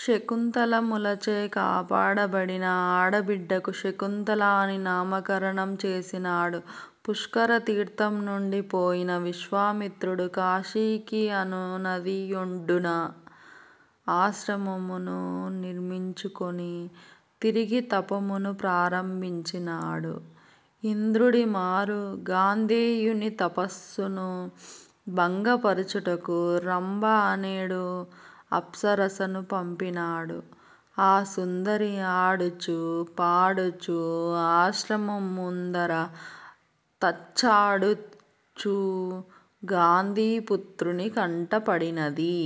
శకుంతల ములచే కాపాడబడిన ఆ బిడ్డకు 'శకుంతల' అని నామకరణము చేసినాడు. పుష్కర తీర్ధము నుండి పోయిన విశ్వామిత్రుడు కాశికి అను నదియొడ్డున ఆశ్రమమును నిర్మంచుకొని తిరిగి తపమును ప్రారంభించినాడు. ఇంద్రుడీమారు గాధేయుని తపస్సును భంగపరుచుటకు 'రంభ' అనెడు అప్సరపను పంపినాడు. ఆ సుందరి ఆడుచూ పాడుచూ ఆశ్రమము ముందర తచ్చాడుచూ గాధిపుత్రుని కంటపడినది.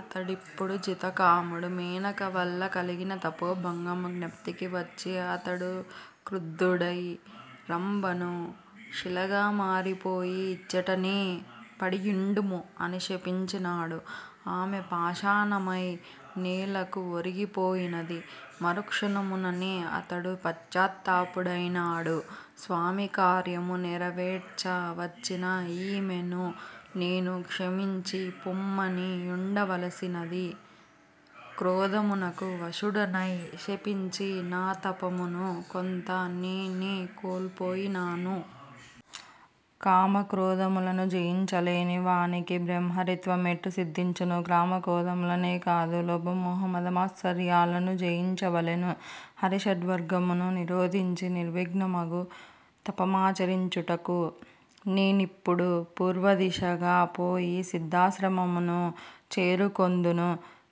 అతడిప్పుడు జితకాముడు. మేనక వలన కలిగిన తపోభంగము జ్ఞప్తికి వచ్చి అతడు క్రుద్ధుడై రంభను శిలగా మారిపోయి ఇచ్చటనే పడియుండుము! అని శపించినాడు ఆమె పాషాణమై నేలకు ఒరిగిపోయినది. మరుక్షణముననే అతడు పశ్చాత్తప్తుడైనాడు. స్వామికార్యము నెరవేర్చ వచ్చిన ఈమెను నేను క్షమించి పొమ్మని యుండవలసినది! క్రోధమునకు వశ్యుడనై శపించి నా తపమును కొంత నేనే కోల్పోయినాను! కామక్రోధములను జయించులేని వానికి బ్రహ్మర్షిత్వమెట్లు సిద్ధించును? కామక్రోధములనే కాదు లోభామోహ మదమత్సరములనూ జయించవలెను అరిషడ్వర్గమును నిరోధించి నిర్విఘ్నముగ తపమాచరించుటకు నేనిప్పుడు పూర్వదిశగా పోయి సిద్దాశ్రమమును చేరుకొందును.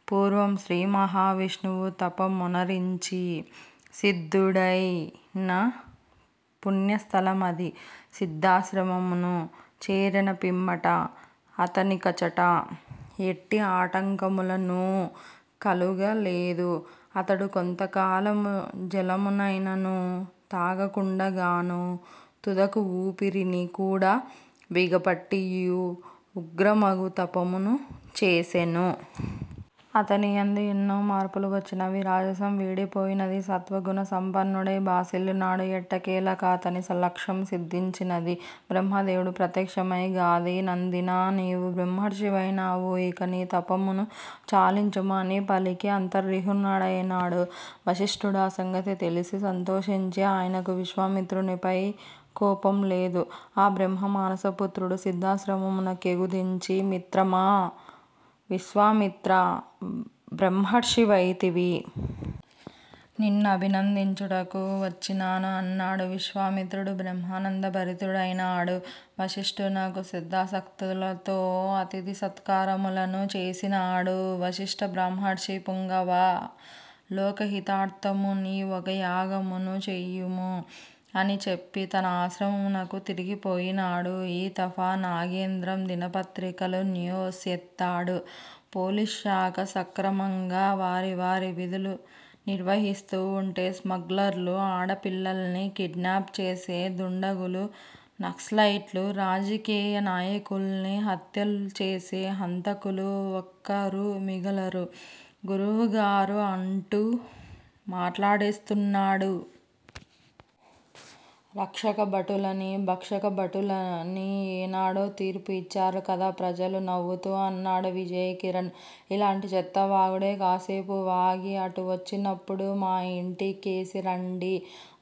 పూర్వము శ్రీమహావిష్టువు తప మొనరించి సిద్దుడైన పుణ్యస్దలమది సిద్దాశ్రమమున చేరిన పిమ్మట అతనికచట ఎట్టి ఆటంకములునూ కలుగలేదు. అతడు కొంతకాలము జలమునైననూ త్రాగకుండాగనూ, తుదకు ఊపిరిని కూడా బిగపట్టియూ ఉగ్రమగు తపమును చేసెను. అతనియందెన్నియో మార్పులు వచ్చినవి. రాజసము వీడి పోయినది. సత్వ గుణ సంపన్నుడై భాసిల్లినాడు. ఎట్టకేలకాతని లక్ష్యము సిద్ధించినది. బ్రహ్మదేవుడు ప్రత్యేక్షమై గాధినందినా నీవు బ్రహ్మర్షివైనావు. ఇంక నీ తపమును చాలించుము అని పల్కి అంతర్హితుడైనాడు. వసిష్ఠుడా సంగతి తెలిసి సంతోషించినాడు. ఆయనకు విశ్వామిత్రునిపై కోపములేదు. ఆ బ్రహ్మమానస పుత్రుడు సిద్దాశ్రమమునకేగుదెంచి మిత్రమా, విశ్వామిత్రా బ్రహ్మర్షివైతివి. నిన్ను అభినందించుటకు వచ్చినాను అన్నాడు. విశ్వామిత్రుడు బ్రహ్మనందభరితుడైనాడు. వసిష్ఠునకు శ్రద్దాసక్తులతో అతిథి సత్కారాములను చేసినాడు. వసిష్ఠు బ్రహ్మర్షి పుంగవా, లోకహితార్ధము నీవొక యాగమును చేయుము అని చెప్పి తన ఆశ్రమమునకు తిరిగి పోయినాడు. ఈతఫా నాగేంద్రం దినపత్రికలు న్యూస్ ఎత్తాడు. పోలీసుశాఖ సక్రమంగా వారి వారి విధులు నిర్వర్తిస్తుంటే స్మగ్లర్లు ఆడపిల్లలని కిడ్ నాప్ చేసే దుండగులు, నక్సలైట్లు, రాజకీయ నాయకుల్ని హత్యలుచేసే హంతకులు వక్కరూ మిగలరు గురువుగారూ అంటూ మాట్లడేస్తున్నాడు. రక్షక భటులని భక్షక భటులని ఏనాడో తీర్పు యిచ్చారు కదా ప్రజలు నవ్వుతూ అన్నాడు విజయ్ కిరణ్. ఇలాంటి చెత్తవాగుడే కాసేపు వాగి అటు వచ్చినప్పుడు మా యింటికేసి రండి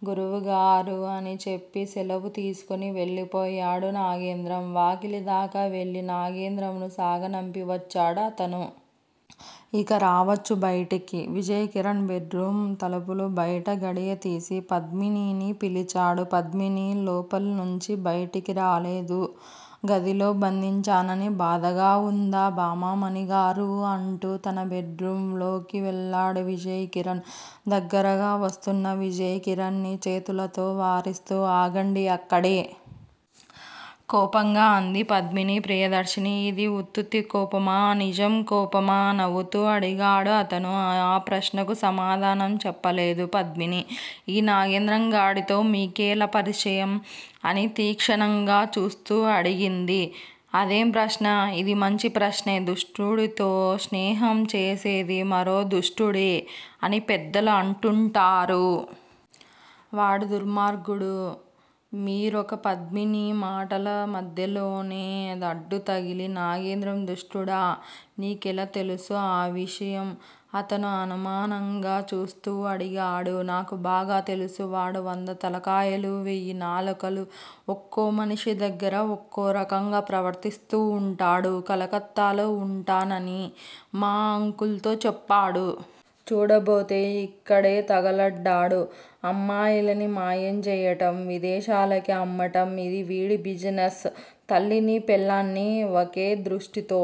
గురువుగారూ! అని చెప్పి శలవు తీసుకుని వెళ్ళిపోయాడు నాగేంద్రం. వాకిలిదాకా వెళ్ళి నాగేంద్రంను సాగనంపి వచ్చాడు అతను. ఇక రావచ్చు బైటికి. విజయ్ కిరణ్ బెడ్ రూమ్ తలుపు బైట గడియతీసి పద్మినీని పిలిచాడు. పద్మిని లోపల్నించి బైటికి రాలేదు. గదిలో బంధించానని బాధగా వుందా! భామామణిగారు! అంటూ తనే బెడ్ రూమ్ లోకి వెళ్ళాడు విజయ్ కిరణ్. దగ్గరగా వస్తున్న విజయ్ కిరణ్ ని చేతులతో వారిస్తూ ఆగండి అక్కడే! కోపంగా అంది పద్మిని ప్రియదర్శిని. ఇది ఉత్తితి కోపమా! నిజం కోపమా! నవ్వుతూ అడిగాడు అతను. ఆ ప్రశ్నకు సమాధానం చెప్పలేదు పద్మిని. ఈ నాగేంద్రం గాడితో మీకెలా పరిచయం! అని తీక్షణంగా చూస్తూ అడిగింది. అదేం ప్రశ్న! ఇది మంచి ప్రశ్నే. దుష్టుడితో స్నేహం చేసేది మరో దుష్టుడే అని పెద్దలు అంటూంటారు. వాడొక దుర్మార్గుడు. మీరొక పద్మిని మాటల మధ్యలోనే అడ్డుతగిలి నాగేంద్రం దుష్టుడా! నీకెలా తెలుసు ఆ విషయం! అతను అనుమానంగా చూస్తూ అడిగాడు. నాకు బాగా తెలుసు. వాడు వంద తలకాయలు, వేయి నాలుకలు. ఒక్కో మనిషి దగ్గర ఒక్కో రకంగా ప్రవర్తిస్తుంటాడు. కలకత్తాలో ఉంటున్నానని మా అంకుల్ తో చెప్పాడు. చూడబోతే ఇక్కడే తగలడ్డాడు. అమ్మాయిలని మాయం జేయటం, విదేశాలకి అమ్మటం. ఇదీ వీడి బిజినెస్. తల్లిని, పెళ్ళాన్ని వకే దృష్టితో